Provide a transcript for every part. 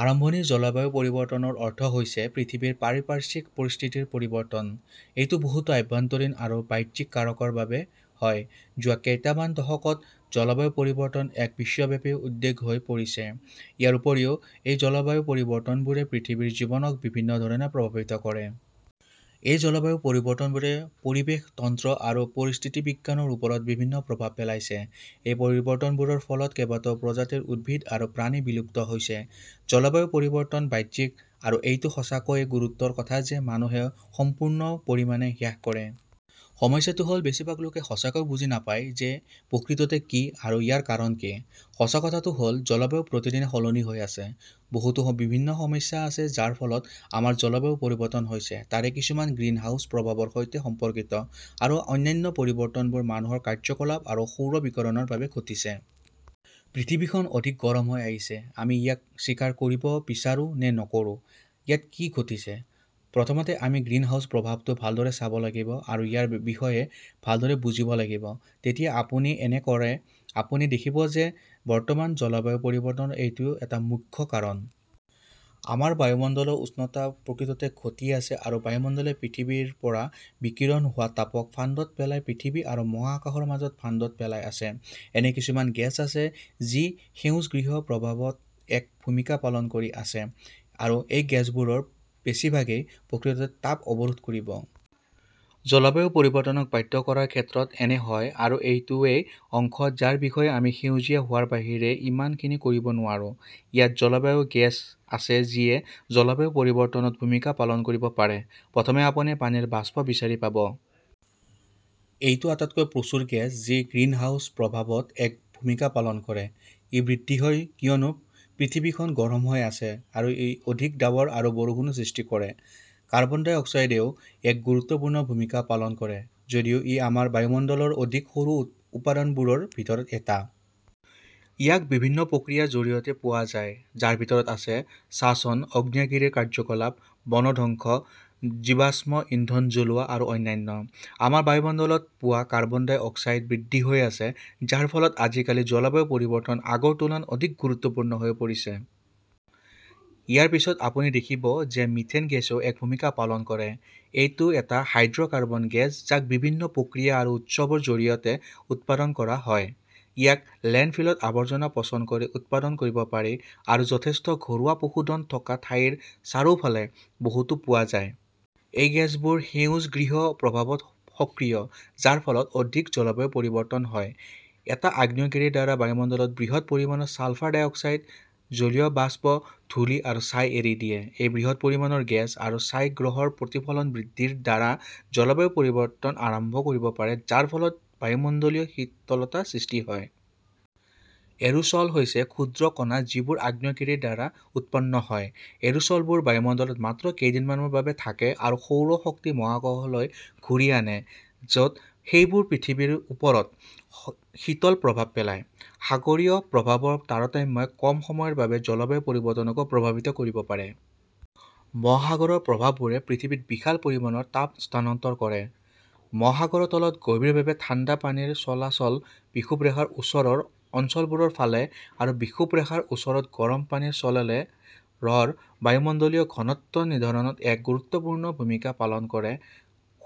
আৰম্ভণি জলবায়ু পৰিৱৰ্তন ৰ অৰ্থ হৈছে পৃথিৱীৰ পাৰিপাৰ্শ্বিক পৰিস্থিতিৰ পৰিৱৰ্তন। এইটো বহুতো আভ্যন্তৰীণ আৰু বাহ্যিক কাৰকৰ বাবে হয়। যোৱা কেইটামান দশকত জলবায়ু পৰিৱৰ্তন এক বিশ্বব্যাপী উদ্বেগহৈ পৰিছে। ইয়াৰ উপৰিও, এই জলবায়ুপৰিৱৰ্তনবোৰে পৃথিৱীৰ জীৱনক বিভিন্ন ধৰণে প্ৰভাৱিত কৰে। এই জলবায়ু পৰিৱৰ্তনবোৰে পৰিৱেশ তন্ত্ৰ আৰু পৰিস্থিতিবিজ্ঞানৰ ওপৰত বিভিন্ন প্ৰভাৱ পেলাইছে। এই পৰিৱৰ্তনবোৰৰ ফলত, কেইবাটাও প্ৰজাতিৰ উদ্ভিদ আৰু প্ৰাণী বিলুপ্ত হৈছে। জলবায়ু পৰিৱৰ্তন বাস্তৱিক, আৰু এইটো সঁচাকৈয়ে গুৰুতৰ কথা যে মানুহে সম্পূৰ্ণ পৰিমাণে হ্ৰাস কৰে। সমস্যাটো হ'ল বেছিভাগ লোকে সঁচাকৈয়ে বুজি নাপায় যে ই প্ৰকৃততে কি, আৰু ইয়াৰ কাৰণ কি। সঁচা কথাটো হ'ল, জলবায়ু প্ৰতিদিনে সলনি হৈ আছে। বহুতো বিভিন্ন সমস্যা আছে যাৰ ফলত আমাৰ জলবায়ু পৰিৱৰ্তন হৈছে, তাৰে কিছুমান গ্ৰীণহাউচ প্ৰভাৱৰ সৈতে সম্পৰ্কিত, আৰু অন্যান্য পৰিৱৰ্তনবোৰ মানুহৰ কাৰ্যকলাপ আৰু সৌৰ বিকিৰণৰ বাবে ঘটিছে। পৃথিৱীখন অধিক গৰম হৈ আহিছে, আমি ইয়াক স্বীকাৰ কৰিব বিচাৰো নে নকৰোঁ। ইয়াত কি ঘটিছে। প্ৰথমতে, আমি গ্ৰীণহাউচ প্ৰভাৱটো ভালদৰে চাব লাগিব আৰু ইয়াৰ বিষয়ে ভালদৰে বুজিব লাগিব। যেতিয়া আপুনি এনে কৰে, আপুনি দেখিব যে বৰ্তমান জলবায়ু পৰিৱৰ্তনৰ এইটো এটা মুখ্য কাৰণ। আমাৰ বায়ুমণ্ডলৰ উষ্ণতা প্ৰকৃততে ঘটি আছে কাৰণ বায়ুমণ্ডলে পৃথিৱীৰ পৰা বিকিৰণ হোৱা তাপক ফান্দত পেলাই পৃথিৱী আৰু মহাকাশৰ মাজত ফান্দত পেলাই আছে। এনে কিছুমান গেছ আছে যি সেউজগৃহ প্ৰভাৱত এক ভূমিকা পালন কৰিব পাৰে, আৰু এই গেছবোৰৰ বেছিভাগেই প্ৰকৃততে তাপ অৱৰোধ কৰিব। জলবায়ু পৰিৱৰ্তনক বাধ্য কৰাৰ ক্ষেত্ৰত এনে হয়, আৰু এইটো ৱেই অংশ যাৰ বিষয়ে আমি সেউজীয়া হোৱাৰ বাহিৰে ইমান খিনি কৰিব নোৱাৰো। ইয়াত কেইটামান গেছ আছে যিয়ে জলবায়ু পৰিৱৰ্তনত ভূমিকা পালন কৰিব পাৰে। প্ৰথমে, আপুনি পানীৰ বাষ্প বিচাৰি পাব। এইটো আটাইতকৈ প্ৰচুৰ গেছ যি গ্ৰীণহাউচ প্ৰভাৱত এক ভূমিকা পালন কৰে। ই বৃদ্ধি হয় কিয়নো পৃথিৱী খন গৰম হৈ আছে, আৰু ই অধিক ডাৱৰ আৰু বৰষুণো সৃষ্টি কৰে। কাৰ্বন ডাই অক্সাইডেও এক গুৰুত্বপূৰ্ণ ভূমিকা পালন কৰে, যদিও ই আমাৰ বায়ুমণ্ডলৰ অধিক সৰু উপাদানবোৰৰ ভিতৰত এটা। ইয়াক বিভিন্ন প্ৰক্ৰিয়াৰ জৰিয়তে পোৱা যায়, যাৰ ভিতৰত আছে শ্বসন, আগ্নেয়গিৰিৰ কাৰ্যকলাপ, বনধ্বংস, জীৱাশ্ম ইন্ধন জ্বলোৱা, আৰু অন্যান্য। আমাৰ বায়ুমণ্ডলত পোৱা কাৰ্বন ডাই অক্সাইড বৃদ্ধি হৈ আছে, যাৰ ফলত আজিকালি জলবায়ু পৰিৱৰ্তন আগৰ তুলনাত অধিক গুৰুত্বপূৰ্ণ হৈ পৰিছে। ইয়াৰ পিছত, আপুনি দেখিব যে মিথেন গেছেও এক ভূমিকা পালন কৰে। এইটো এটা হাইড্ৰ'কাৰ্বন গেছ যাক বিভিন্ন প্ৰক্ৰিয়া আৰু উৎসৰ জৰিয়তে উৎপাদন কৰা হয়। ইয়াক লেণ্ডফিলত আৱৰ্জনা পচন কৰি উৎপাদন কৰিব পাৰি, আৰু যথেষ্ট ঘৰুৱা পশুধন থকা ঠাইৰ চাৰিওফালে বহুতো পোৱা যায়। এই গেছবোৰ সেউজগৃহ প্ৰভাৱত সক্ৰিয়, যাৰ ফলত অধিক জলবায়ু পৰিৱৰ্তন হয়। এটা আগ্নেয়গিৰিৰ দ্বাৰা বায়ুমণ্ডলত বৃহৎ পৰিমাণৰ ছালফাৰ ডাই অক্সাইড, জলীয় বাষ্প, ধূলি আৰু ছাই এৰি দিয়ে। এই বৃহৎ পৰিমাণৰ গেছ আৰু ছাই গ্ৰহৰ প্ৰতিফলনবৃদ্ধি ৰ দ্বাৰা জলবায়ু পৰিৱৰ্তন আৰম্ভ কৰিব পাৰে যাৰ ফলত বায়ুমণ্ডলীয় শীতলতা সৃষ্টি হয়। এৰোচ'ল হৈছে ক্ষুদ্ৰ কণা যিবোৰ আগ্নেয়গিৰিৰ দ্বাৰা উৎপন্ন হয়। এৰোচ'লবোৰ বায়ুমণ্ডলত মাত্ৰ কেইদিনমানৰ বাবে থাকে আৰু সৌৰ শক্তি মহাকাশলৈ ঘূৰাই আনে য'ত সেইবোৰে পৃথিৱীৰ ওপৰত শীতল প্ৰভাৱ পেলায়। সাগৰীয় প্ৰবাহৰ তাৰতম্যই কম সময়ৰ বাবে জলবায়ু পৰিৱৰ্তনকো প্ৰভাৱিত কৰিব পাৰে। মহাসাগৰৰ প্ৰবাহবোৰে পৃথিৱীত বিশাল পৰিমাণৰ তাপ স্থানান্তৰ কৰে। মহাসাগৰৰ তলত গভীৰভাৱে ঠাণ্ডা পানীৰ চলাচল বিষুৱৰেখাৰ ওচৰৰ অঞ্চলবোৰৰ ফালে আৰু বিষুৱৰেখাৰ ওচৰত গৰম পানীৰ চলাচলে -ৰ বায়ুমণ্ডলীয় ঘনত্ব নিৰ্ধাৰণত এক গুৰুত্বপূৰ্ণ ভূমিকা পালন কৰে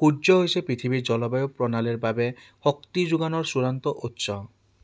সূৰ্য হৈছে পৃথিৱীৰ জলবায়ু প্ৰণালীৰ বাবে শক্তিযোগানৰ চূড়ান্ত উৎস।